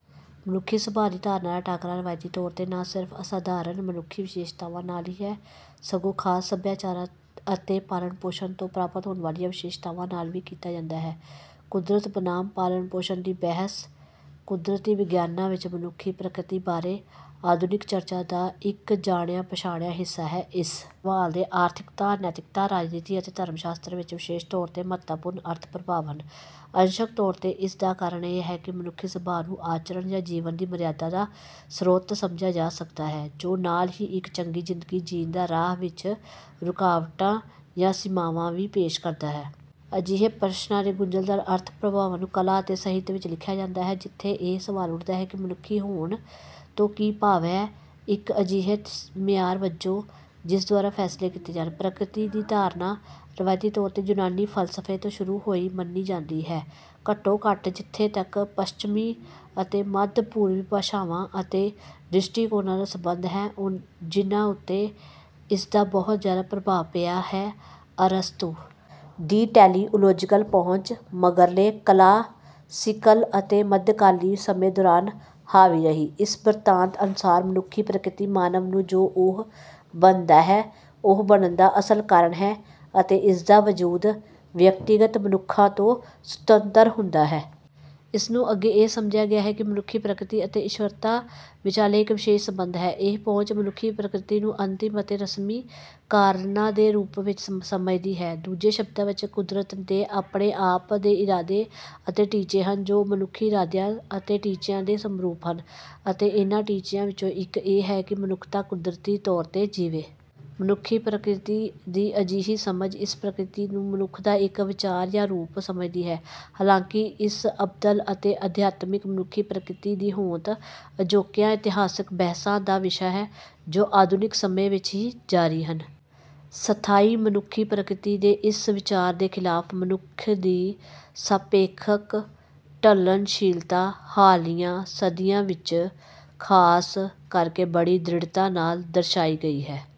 ਮਨੁੱਖੀ ਸੁਭਾਅ ਦੀ ਧਾਰਨਾ ਦਾ ਟਾਕਰਾ ਰਵਾਇਤੀ ਤੌਰ 'ਤੇ ਨਾ ਸਿਰਫ਼ ਅਸਾਧਾਰਨ ਮਨੁੱਖੀ ਵਿਸ਼ੇਸ਼ਤਾਵਾਂ ਨਾਲ ਹੀ ਹੈ, ਸਗੋਂ ਖ਼ਾਸ ਸਭਿਆਚਾਰਾਂ ਅਤੇ ਪਾਲਣ-ਪੋਸ਼ਣ ਤੋਂ ਪ੍ਰਾਪਤ ਹੋਣ ਵਾਲੀਆਂ ਵਿਸ਼ੇਸ਼ਤਾਵਾਂ ਨਾਲ ਵੀ ਕੀਤਾ ਜਾਂਦਾ ਹੈ। "ਕੁਦਰਤ ਬਨਾਮ ਪਾਲਣ-ਪੋਸ਼ਣ" ਦੀ ਬਹਿਸ ਕੁਦਰਤੀ ਵਿਗਿਆਨਾਂ ਵਿੱਚ ਮਨੁੱਖੀ ਪ੍ਰਕਿਰਤੀ ਬਾਰੇ ਆਧੁਨਿਕ ਚਰਚਾ ਦਾ ਇੱਕ ਜਾਣਿਆ-ਪਛਾਣਿਆ ਹਿੱਸਾ ਹੈ। ਇਸ ਸਵਾਲ ਦੇ ਆਰਥਿਕਤਾ, ਨੈਤਿਕਤਾ, ਰਾਜਨੀਤੀ ਅਤੇ ਧਰਮ ਸ਼ਾਸਤਰ ਵਿੱਚ ਵਿਸ਼ੇਸ਼ ਤੌਰ 'ਤੇ ਮਹੱਤਵਪੂਰਨ ਅਰਥ-ਪ੍ਰਭਾਵ ਹਨ। ਅੰਸ਼ਕ ਤੌਰ 'ਤੇ ਇਸ ਦਾ ਕਾਰਨ ਇਹ ਹੈ ਕਿ ਮਨੁੱਖੀ ਸੁਭਾਅ ਨੂੰ ਆਚਰਣ ਜਾਂ ਜੀਵਨ ਦੀ ਮਰਿਆਦਾ ਦਾ ਸਰੋਤ ਸਮਝਿਆ ਜਾ ਸਕਦਾ ਹੈ, ਜੋ ਨਾਲ ਹੀ ਇੱਕ ਚੰਗੀ ਜ਼ਿੰਦਗੀ ਜੀਣ ਦੇ ਰਾਹ ਵਿੱਚ ਰੁਕਾਵਟਾਂ ਜਾਂ ਸੀਮਾਵਾਂ ਵੀ ਪੇਸ਼ ਕਰਦਾ ਹੈ। ਅਜਿਹੇ ਪ੍ਰਸ਼ਨਾਂ ਦੇ ਗੁੰਝਲਦਾਰ ਅਰਥ-ਪ੍ਰਭਾਵਾਂ ਨੂੰ ਕਲਾ ਅਤੇ ਸਾਹਿਤ ਵਿੱਚ ਵੀ ਲਿਆ ਜਾਂਦਾ ਹੈ, ਜਿੱਥੇ ਇਹ ਸਵਾਲ ਉੱਠਦਾ ਹੈ ਕਿ "ਮਨੁੱਖੀ ਹੋਣ" ਤੋਂ ਕੀ ਭਾਵ ਹੈ। ਇੱਕ ਅਜਿਹੇ ਮਿਆਰ ਵਜੋਂ, ਜਿਸ ਦੁਆਰਾ ਫ਼ੈਸਲੇ ਕੀਤੇ ਜਾਣ, ਪ੍ਰਕਿਰਤੀ ਦੀ ਧਾਰਨਾ ਰਵਾਇਤੀ ਤੌਰ 'ਤੇ ਯੂਨਾਨੀ ਫ਼ਲਸਫ਼ੇ ਤੋਂ ਸ਼ੁਰੂ ਹੋਈ ਮੰਨੀ ਜਾਂਦੀ ਹੈ ਘੱਟੋ-ਘੱਟ ਜਿੱਥੋਂ ਤੱਕ ਪੱਛਮੀ ਅਤੇ ਮੱਧ-ਪੂਰਬੀ ਭਾਸ਼ਾਵਾਂ ਅਤੇ ਦ੍ਰਿਸ਼ਟੀਕੋਣਾਂ ਦਾ ਸੰਬੰਧ ਹੈ, ਜਿਨ੍ਹਾਂ ਉੱਤੇ ਇਸ ਦਾ ਬਹੁਤ ਜ਼ਿਆਦਾ ਪ੍ਰਭਾਵ ਪਿਆ ਹੈ। ਅਰਸਤੂ ਦੀ ਟੈਲੀਓਲੋਜੀਕਲ ਪਹੁੰਚ ਮਗਰਲੇ ਕਲਾਸੀਕਲ ਅਤੇ ਮੱਧਕਾਲੀ ਸਮੇਂ ਦੌਰਾਨ ਹਾਵੀ ਰਹੀ। ਇਸ ਬਿਰਤਾਂਤ ਅਨੁਸਾਰ, ਮਨੁੱਖੀ ਪ੍ਰਕਿਰਤੀ ਮਾਨਵ ਨੂੰ ਜੋ ਉਹ ਬਣਦਾ ਹੈ, ਉਹ ਬਣਨ ਦਾ ਅਸਲ ਕਾਰਨ ਹੈ, ਅਤੇ ਇਸ ਦਾ ਵਜੂਦ ਵਿਅਕਤੀਗਤ ਮਨੁੱਖਾਂ ਤੋਂ ਸੁਤੰਤਰ ਹੁੰਦਾ ਹੈ। ਇਸ ਨੂੰ ਅੱਗੇ ਇਹ ਸਮਝਿਆ ਗਿਆ ਹੈ ਕਿ ਮਨੁੱਖੀ ਪ੍ਰਕਿਰਤੀ ਅਤੇ ਈਸ਼ਵਰਤਾ ਵਿਚਾਲੇ ਇੱਕ ਵਿਸ਼ੇਸ਼ ਸੰਬੰਧ ਹੈ। ਇਹ ਪਹੁੰਚ ਮਨੁੱਖੀ ਪ੍ਰਕਿਰਤੀ ਨੂੰ ਅੰਤਿਮ ਅਤੇ ਰਸਮੀ ਕਾਰਨਾਂ ਦੇ ਰੂਪ ਵਿੱਚ ਸਮਝਦੀ ਹੈ। ਦੂਜੇ ਸ਼ਬਦਾਂ ਵਿੱਚ, ਕੁਦਰਤ ਦੇ ਆਪਣੇ ਆਪ ਦੇ ਇਰਾਦੇ ਅਤੇ ਟੀਚੇ ਹਨ ਜੋ ਮਨੁੱਖੀ ਇਰਾਦਿਆਂ ਅਤੇ ਟੀਚਿਆਂ ਦੇ ਸਮਰੂਪ ਹਨ, ਅਤੇ ਇਹਨਾਂ ਟੀਚਿਆਂ ਵਿੱਚੋਂ ਇੱਕ ਇਹ ਹੈ ਕਿ ਮਨੁੱਖਤਾ ਕੁਦਰਤੀ ਤੌਰ 'ਤੇ ਜੀਵੇ। ਮਨੁੱਖੀ ਪ੍ਰਕਿਰਤੀ ਦੀ ਅਜਿਹੀ ਸਮਝ ਇਸ ਪ੍ਰਕਿਰਤੀ ਨੂੰ ਮਨੁੱਖ ਦਾ ਇੱਕ "ਵਿਚਾਰ" ਜਾਂ "ਰੂਪ" ਸਮਝਦੀ ਹੈ। ਹਾਲਾਂਕਿ, ਇਸ ਅਬਦਲ ਅਤੇ ਅਧਿਆਤਮਿਕ ਮਨੁੱਖੀ ਪ੍ਰਕਿਰਤੀ ਦੀ ਹੋਂਦ ਅਜੋਕੀਆਂ ਇਤਿਹਾਸਕ ਬਹਿਸਾਂ ਦਾ ਵਿਸ਼ਾ ਹੈ, ਜੋ ਆਧੁਨਿਕ ਸਮੇਂ ਵਿੱਚ ਵੀ ਜਾਰੀ ਹਨ। ਸਥਾਈ ਮਨੁੱਖੀ ਪ੍ਰਕਿਰਤੀ ਦੇ ਇਸ ਵਿਚਾਰ ਦੇ ਖ਼ਿਲਾਫ਼, ਮਨੁੱਖ ਦੀ ਸਾਪੇਖਕ ਢਲਣਸ਼ੀਲਤਾ ਹਾਲੀਆ ਸਦੀਆਂ ਵਿੱਚ ਖ਼ਾਸ ਕਰਕੇ ਬੜੀ ਦ੍ਰਿੜਤਾ ਨਾਲ ਦਰਸਾਈ ਗਈ ਹੈ।